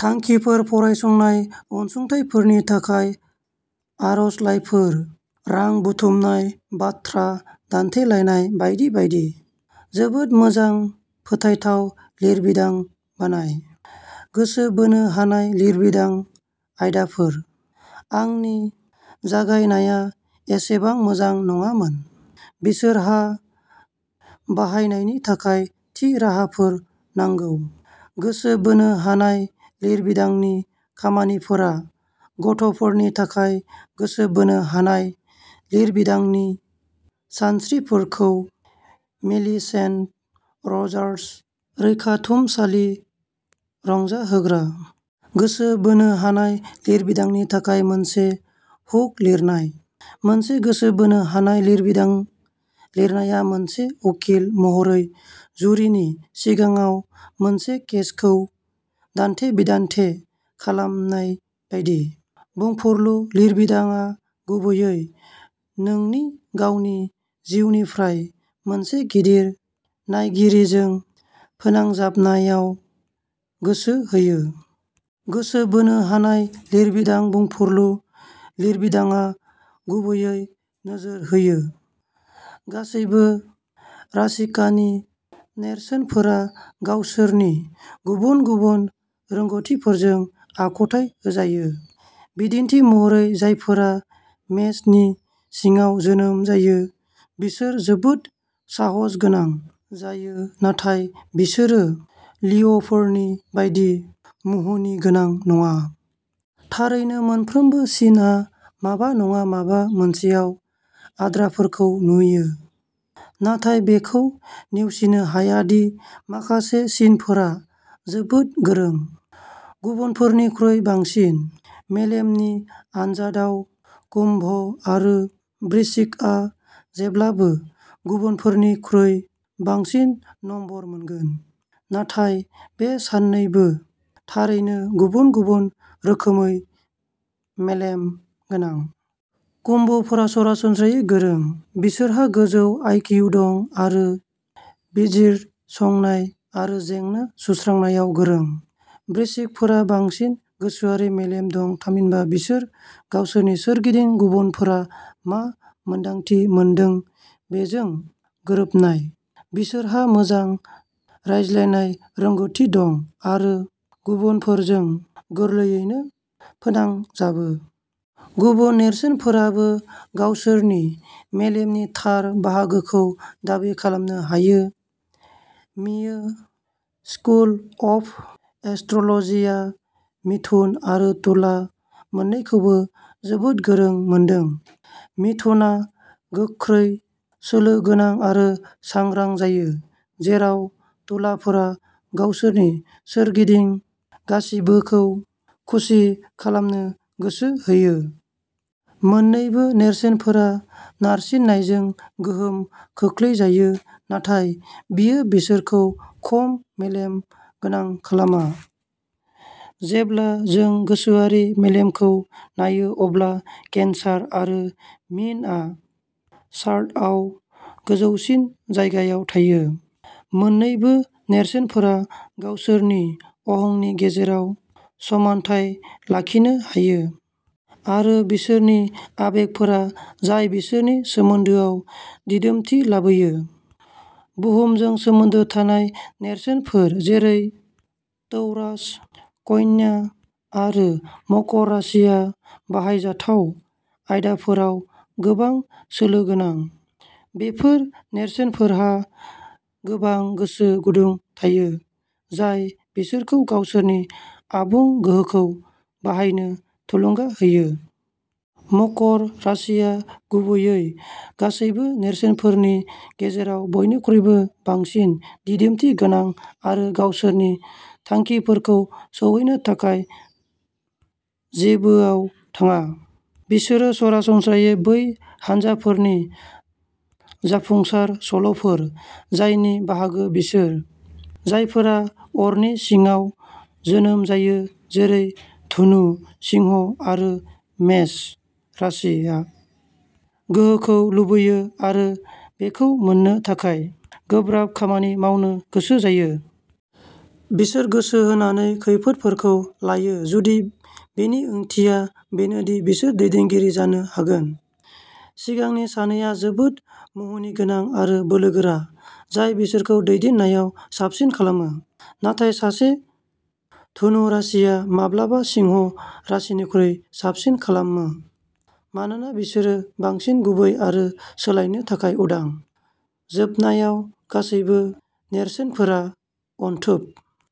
थांखिफोर फरायसंनाय अनसुंथाइफोरनि थाखाय आर'जलाइफोर, रां बुथुमनाय, बाथ्रा दान्थेलायनाय बायदि बायदि। जोबोद मोजां फोथायथाव लिरबिदां बानाय। गोसो बोनो हानाय लिरबिदां आयदाफोर। आंनि जागायनाया एसेबां मोजां नङामोन। बिसोरहा बाहायनायनि थाखाय थि राहाफोर नांगौ। गोसो बोनो हानाय लिरबिदांनि खामानिफोरा गथ'फोरनि थाखाय गोसो बोनो हानाय लिरबिदांनि सानस्रिफोरखौ मिलिसेन्ट रजार्स रैखाथुमसालि रंजाहोग्रा। गोसो बोनो हानाय लिरबिदांनि थाखाय मोनसे हुक लिरनाय। मोनसे गोसो बोनो हानाय लिरबिदां लिरनाया मोनसे उखिल महरै जुरिनि सिगाङाव मोनसे केसखौ दान्थे-बिदान्थे खालामनाय बायदि। बुंफुरलु लिरबिदांआ गुबैयै नोंनि गावनि जिउनिफ्राय मोनसे गिदिर नायगिरिजों फोनांजाबनायाव गोसो होयो। गोसो बोनो हानाय लिरबिदां बुंफुरलु लिरबिदांआ गुबैयै नोजोर होयो। गासैबो राशिकानि नेरसोनफोरा गावसोरनि गुबुन-गुबुन रोंग'थिफोरजों आखुथाइ होजायो। बिदिन्थि महरै जायफोरा मेषनि सिङाव जोनोम जायो बिसोर जोबोद साहसगोनां जायो नाथाय बिसोरो लिअ'फोरनि बायदि मुहिनिगोनां नङा। थारैनो मोनफ्रोमबो सिनआ माबा नङा माबा मोनसेयाव आद्राफोरखौ नुयो। नाथाय बेखौ नेवसिनो हाया दि माखासे सिनफोरा जोबोद गोरों। गुबुनफोरनिख्रुइ बांसिन। मेलेमनि आन्जादआव कुम्भ आरो वृश्रिकआ जेब्लाबो गुबुनफोरनिख्रुइ बांसिन नम्बर मोनगोन। नाथाय बे सानैबो थारैनो गुबुन गुबुन रोखोमै मेलेम गोनां। कुम्भ'फोरा सरासनस्रायै गोरों। बिसोरहा गोजौ आइ. किउ. दं आरो बिजिरसंनाय आरो जेंना सुस्रांनायाव गोरों। वृश्रिकफोरहा बांसिन गोसोआरि मेलेम दं थामहिनबा बिसोर गावसोरनि सोरगिदिं गुबुनफोरा मा मोन्दांथि मोनदों बेजों गोरोबनाय। बिसोरहा मोजां रायज्लायनाय रोंग'थि दं आरो गुबुनफोरजों गोरलैयैनो फोनांजाबो। गुबुन नेरसोनफोराबो गावसोरनि मेलेमनि थार बाहागोखौ दाबि खालामनो हायो। मेयो स्कुल अफ एस्ट्र'ल'जिआ मिथुन आरो तुला मोननैखौबो जोबोद गोरों मोनदों। मिथुनआ गोख्रै सोलो गोनां आरो सांग्रां जायो जेराव तुलाफोरा गावसोरनि सोरगिदिं गासिबोखौ खुसि खालामनो गोसो होयो। मोननैबो नेरसोनफोरा नारसिननायजों गोहोम खोख्लैजायो नाथाय बेयो बिसोरखौ खम मेलेम गोनां खालामा। जेब्ला जों गोसोआरि मेलेमखौ नायो अब्ला केन्सार आरो मीनआ सार्टआव गोजौसिन जायगायाव थायो। मोननैबो नेरसोनफोरा गावसोरनि अहंनि गेजेराव समानथाय लाखिनो हायो। आरो बिसोरनि आबेगफोर जाय बिसोरनि सोमोन्दोआव दिदोमथि लाबोयो। बुहुमजों सोमोन्दो थानाय नेरसोनफोर जेरै टौरास, कन्या आरो मकर राशिया बाहायजाथाव आयदाफोराव गोबां सोलो गोनां। बेफोर नेरसोनफोरहा गोबां गोसो गुदुं थायो जाय बिसोरखौ गावसोरनि आबुं गोहोखौ बाहायनो थुलुंगा होयो। मकर राशिया गुबैयै गासैबो नेरसोनफोरनि गेजेराव बयनिख्रुइबो बांसिन दिदोमथि गोनां आरो गावसोरनि थांखिफोरखौ सौहैनो थाखाय जेबोआव थाङा। बिसोरो सरासनस्रायै बै हानजाफोरनि जाफुंसार सल'फोर जायनि बाहागो बिसोर, जायफोरा अरनि सिङाव जोनोम जायो जेरै धनु, सिंह आरो मेष राशिया गोहोखौ लुबैयो आरो बेखौ मोननो थाखाय गोब्राब खामानि मावनो गोसो जायो। बिसोर गोसो होनानै खैफोदफोरखौ लायो जुदि बेनि ओंथिया बेनो दि बिसोर दैदेनगिरि जानो हागोन। सिगांनि मोननैआ जोबोद मुहिनिगोनां आरो बोलोगोरा, जाय बिसोरखौ दैदेननायाव साबसिन खालामो। नाथाय सासे धनु राशिया माब्लाबा सिंह राशिनिख्रुइ साबसिन खालामो मानोना बिसोरो बांसिन गुरै आरो सोलायनो थाखाय उदां। जोबनायाव, गासैबो नेरसोनफोरा अनथोब।